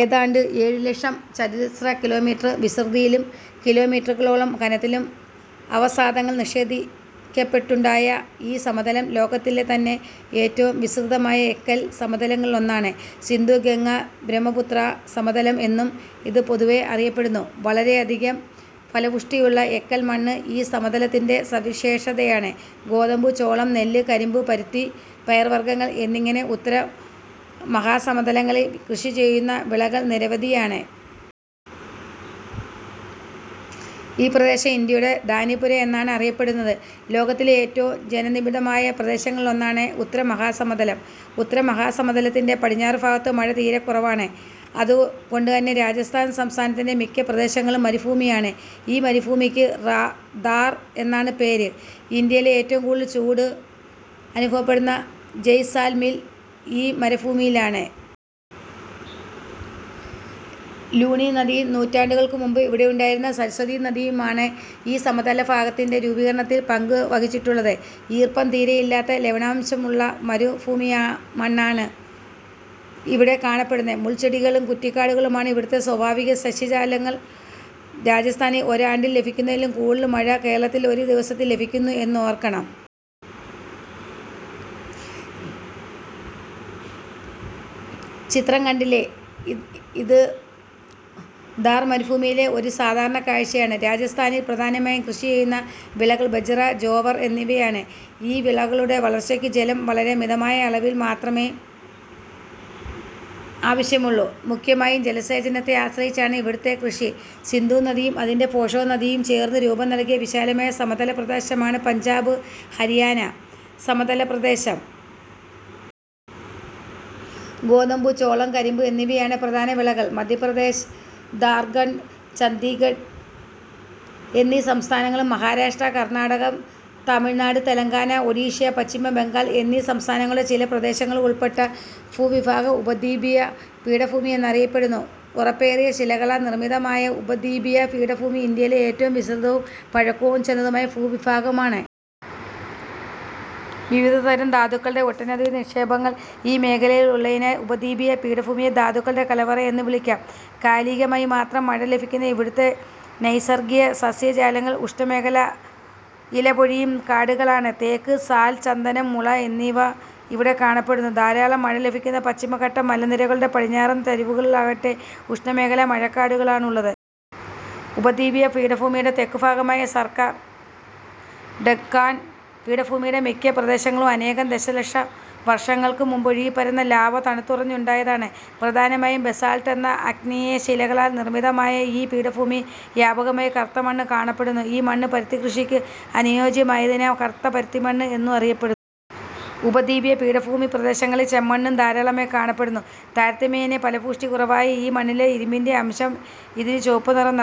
ഏതാണ്ട് ഏഴു ലക്ഷം ചതുരശ്ര കിലോ മീറ്റർ വിസ്തൃതിയിലും കിലോമീറ്ററുകളോളം കനത്തിലും അവസാദങ്ങൾ നിക്ഷദിക്കപ്പെട്ടുണ്ടായ ഈ സമതലം ലോകത്തിലെതന്നെ ഏറ്റവും വിസ്തൃതമായ എക്കൽ സമതലങ്ങളിലൊന്നാണ്. സിന്ധു-ഗംഗ-ബ്രഹ്മ പുത്രാ സമതലം എന്നും ഇത് പൊതുവെ അറിയപ്പെടുന്നു. വളരെയധികം ഫലപുഷ്ടിയുള്ള എക്കൽമണ്ണ് ഈ സമതലത്തിന്റെ സവിശേഷതയാണ്. ഗോതമ്പ്, ചോളം, നെല്ല്, കരിമ്പ്, പരുത്തി, പയർവർഗങ്ങൾ എന്നിങ്ങനെ ഉത്തര മഹാസമതലങ്ങളിൽ കൃഷിചെയ്യുന്ന വിളകൾ നിരവധിയാണ്. ഈ പ്രദേശം ഇന്ത്യയുടെ ധാന്യപ്പുര എന്നാണ് അറിയപ്പെടുന്നത്. ലോകത്തിലെ ഏറ്റവും ജനനിബിഡമായ പ്രദേശങ്ങളിലൊന്നാണ് ഉത്തരമഹാസമതലം. ഉത്തരമഹാസമതലത്തിന്റെ പടിഞ്ഞാറു ഭാഗത്ത് മഴ തീരെ കുറവാണ്. അതു കൊണ്ടുതന്നെ രാജസ്ഥാൻ സംസ്ഥാനത്തിന്റെ മിക്ക പ്രദേശങ്ങളും മരു ഭൂമിയാണ്. ഈ മരുഭൂമിക്ക് റാർ ഥാർ എന്നാണ് പേര്. ഇന്ത്യയിൽ ഏറ്റവും കൂടുതൽ ചൂട് അനുഭവപ്പെടുന്ന ജയ്സാൽമിൽ ഈ മരുഭൂമിയിലാണ്. ലൂണി നദിയും നൂറ്റാണ്ടുകൾക്കു മുമ്പ് ഇവിടെയുണ്ടായിരുന്ന സരസ്വതി നദിയുമാണ് ഈ സമതലഭാഗത്തിന്റെ രൂപീകരണത്തിൽ പങ്കു വഹിച്ചിട്ടു ള്ളത്. ഈർപ്പം തീരെയില്ലാത്ത ലവണാംശമുള്ള മരു ഭൂമിമണ്ണാണ് ഇവിടെ കാണപ്പെടുന്നത്. മുൾച്ചെടികളും കുറ്റിക്കാടുകളുമാണ് ഇവിടത്തെ സ്വാഭാവിക സസ്യജാലങ്ങൾ. രാജസ്ഥാനിൽ ഒരാണ്ടിൽ ലഭിക്കുന്നതിലും കൂടുതൽ മഴ കേരളത്തിൽ ഒരു ദിവസത്തിൽ ലഭിക്കുന്നു എന്നോർക്കണം. ചിത്രം കണ്ടില്ലേ. ഇത് ഥാർ മരുഭൂമിയിലെ ഒരു സാധാരണ കാഴ്ചയാണ്. രാജസ്ഥാനിൽ പ്രധാനമായും കൃഷിചെയ്യുന്ന വിളകൾ ബജ്റ, ജോവർ എന്നിവയാണ്. ഈ വിളകളുടെ വളർച്ചയ്ക്ക് ജലം വളരെ മിതമായ അളവിൽ മാത്രമേ ആവശ്യമുള്ളൂ. മുഖ്യമായും ജലസേചനത്തെ ആശ്രയിച്ചാണ് ഇവിടത്തെ കൃഷി. സിന്ധുനദിയും അതിന്റെ പോഷകനദിയും ചേർന്നു രൂപം നൽകിയ വിശാലമായ സമതലപ്രദേശമാണ് പഞ്ചാബ്, ഹരിയാന സമതല പ്രദേശം. ഗോതമ്പ്, ചോളം, കരിമ്പ് എന്നിവയാണ് പ്രധാന വിളകൾ. മധ്യപ്രദേശ്, ദാർഖണ്ഡ്, ഛത്തീഗഡ് എന്നീ സംസ്ഥാനങ്ങളും മഹാരാഷ്ട്ര, കർണാടകം, തമിഴ്നാട്, തെലങ്കാന, ഒഡിഷ, പശ്ചിമബംഗാൾ എന്നീ സംസ്ഥാനങ്ങളു ചില പ്രദേശങ്ങളും ഉൾപ്പെട്ട ഭൂവിഭാഗം ഉപദ്വീപീയ പീഠഭൂമി എന്നറിയപ്പെടുന്നു. ഉറപ്പേറിയ ശിലകളാൽ നിർമിതമായ ഉപദ്വീപീയ പീഠഭൂമി ഇന്ത്യയിലെ ഏറ്റവും വിസ്തൃതവും പഴക്കവും ചെന്നതുമായ ഭൂവിഭാഗമാണ്. വിവിധതരം ധാതു ക്കളുടെ ഒട്ടനവധി നിക്ഷേപങ്ങൾ ഈ മേഖലയിലുള്ളതിനാൽ ഉപദ്വീപീയ പീഠഭൂമിയെ ""ധാതുക്കളുടെ കലവറ' എന്നും വിളിക്കാം. കാലികമായി മാത്രം മഴ ലഭിക്കുന്ന ഇവിടത്തെ നൈസർഗിക സസ്യജാലങ്ങൾ ഉഷ്ണമേഖലാ ഇലപൊഴിയും കാടുകളാണ്. തേക്ക്, സാൽ, ചന്ദനം, മുള എന്നിവ ഇവിടെ കാണപ്പെടുന്നു. ധാരാളം മഴ ലഭിക്കുന്ന പശ്ചിമഘട്ട മലനിരകളുടെ പടിഞ്ഞാറൻ ചരിവുകളിലാകട്ടെ, ഉഷ്ണമേഖലാ മഴക്കാടുകളാണുള്ളത്. ഉപദ്വീപീയ പീഠഭൂമിയുടെ തെക്കുഭാഗമായ സർക്കാർ ഡക്കാൺ പീഠഭൂമിയുടെ മിക്ക പ്രദേശങ്ങളും അനേകം ദശലക്ഷം വർഷങ്ങൾക്കു മുമ്പ് ഒഴുകിപ്പരന്ന ലാവ തണുത്തുറഞ്ഞുണ്ടായതാണ്. പ്രധാനമായും ബസാൾട്ട് എന്ന ആഗ്നേയശിലകളാൽ നിർമിതമായ ഈ പീഠഭൂമിയിൽ വ്യാപകമായി കറുത്ത മണ്ണ് കാണപ്പെടുന്നു. ഈ മണ്ണ് പരുത്തിക്കൃഷിക്ക് അനുയോജ്യമായതിനാൽ "കറുത്ത പരുത്തിമണ്ണ്' എന്നും അറിയപ്പെടുന്നു. ഉപദ്വീപീയ പീഠഭൂമിപ്രദേശങ്ങളിൽ ചെമ്മണ്ണും ധാരാളമായി കാണപ്പെടുന്നു. താരതമ്യേന ഫലപുഷ്ടി കുറവായ ഈ മണ്ണിലെ ഇരുമ്പിന്റെ അംശം ഇതിന് ചുവപ്പുനിറം നൽകു.